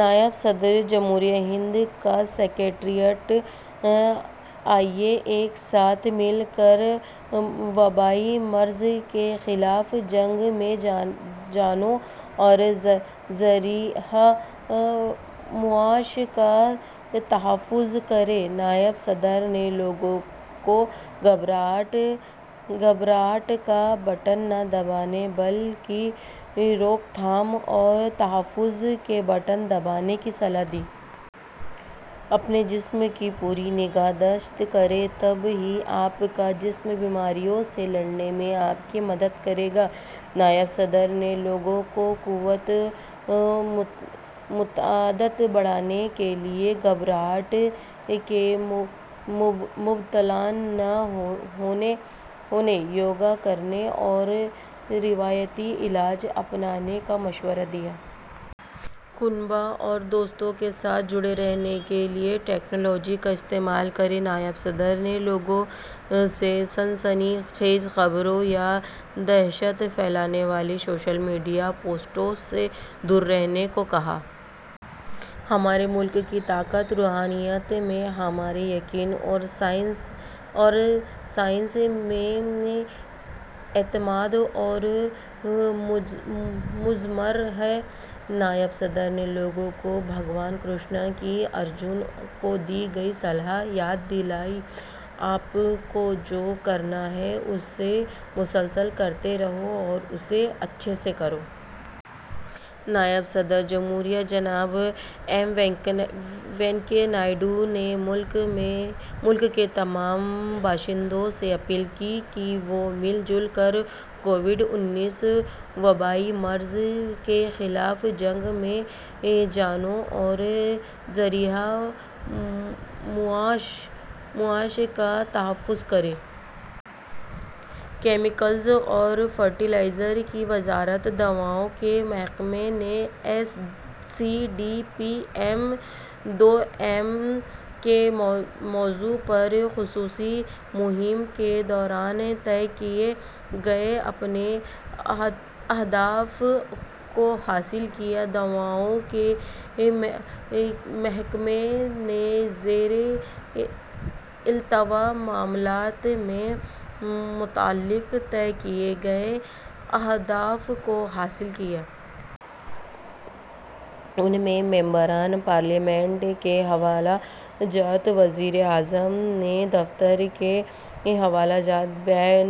نائب صدر جمہوریہ ہند کا سکریٹریٹ۔ آئیے ایک ساتھ مل کر وبائی مرض کے خلاف جنگ میں جانوں اور ذریعہ معاش کا تحفظ کریں۔ نائب صدر نے لوگوں کو گھبراہٹ کا بٹن نہ دبانے بلکہ روک تھام اور تحفظ کے بٹن دبانے کی صلاح دی۔ اپنے جسم کی پوری نگہداشت کریں، تب ہی آپ کا جسم بیماریوں سے لڑنے میں آپ کی مدد کرے گا۔ نائب صدر نے لوگوں کو قوت مدافعت بڑھانے کے لیے گھبراہٹ میں مبتلا نہ ہونے، یوگا کرنے اور روایتی علاج اپنانے کا مشورہ دیا۔ کنبہ اور دوستوں کے ساتھ جڑے رہنے کے لیے ٹیکنالوجی کا استعمال کریں۔ نائب صدر نے لوگوں سے سنسنی خیز خبروں یا دہشت پھیلانے والی سوشل میڈیا پوسٹوں سے دور رہنے کو کہا۔ ہمارے ملک کی طاقت روحانیت میں ہمارے یقین اور سائنس میں اعتماد پر مضمر ہے۔ نائب صدر نے لوگوں کو بھگوان کرشن کی ارجن کو دی گئی صلاح یاد دلائی، آپ کو جو کرنا ہے اسے مسلسل کرتے رہو اور اسے اچھے سے کرو۔ نائب صدر جمہوریہ جناب ایم وینکیا نائیڈو نے ملک کے تمام باشندوں سے اپیل کی ہے کہ وہ مل جل کر کووڈ انیس وبائی مرض کے خلاف جنگ میں جانوں اور ذریعہ معاش کا تحفظ کریں۔ کیمیکلز اور فرٹیلائزر کی وزارت، دواؤں کے محکمے نے، S C D P M دوئم کے موضوع پر خصوصی مہم کے دوران طے کیے گئے اپنے اہداف کو حاصل کیا۔ دواؤں کے محکمے نے زیر التوا معاملوں سے متعلق طے کیے گئے اہداف کو حاصل کیا۔ ان میں ممبران پارلیمنٹ کے حوالہ جات، وزیر اعظم کے دفتر کے حوالہ جات، بین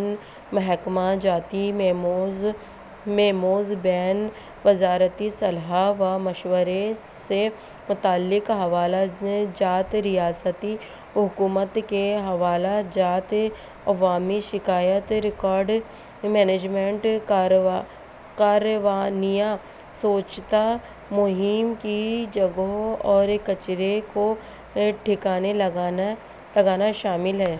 محکمہ جاتی میموز، بین وزارتی صلاح و مشورے سے متعلق حوالہ جات، ریاستی حکومت کے حوالہ جات، عوامی شکایات، ریکارڈ مینجمنٹ، کارروائیاں، سووچھتا مہم کی جگہوں اور کچرے کو ٹھکانے لگانا شامل ہے۔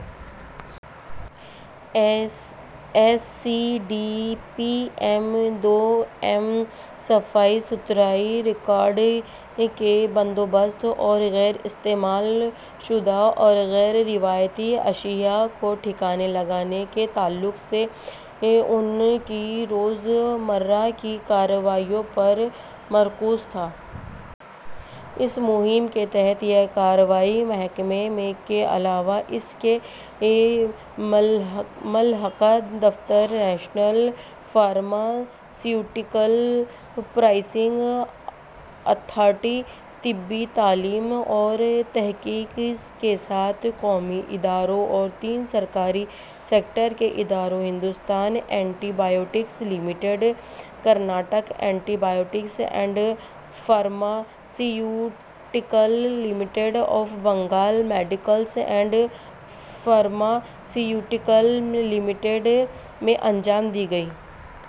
S C D P M دوئم صفائی ستھرائی، ریکارڈ کے بندوبست اور غیر استعمال شدہ اور غیر روایتی اشیا کو ٹھکانے لگانے کے تعلق سے ان کی روز مرہ کی کارروائیوں پر مرکوز تھا۔ اس مہم کے تحت یہ کارروائیاں محکمے کے علاوہ اس سے ملحقہ دفتر، نیشنل فارماسیوٹیکل پرائسنگ اتھارٹی، طبی تعلیم اور تحقیق کے سات قومی اداروں اور تین سرکاری سیکٹر کے اداروں، Hindustan anti biotics limited, Karnataka anti biotics and pharmaceutical limited اور Bengal chemicals and pharmaceutical limited میں انجام دی گئیں۔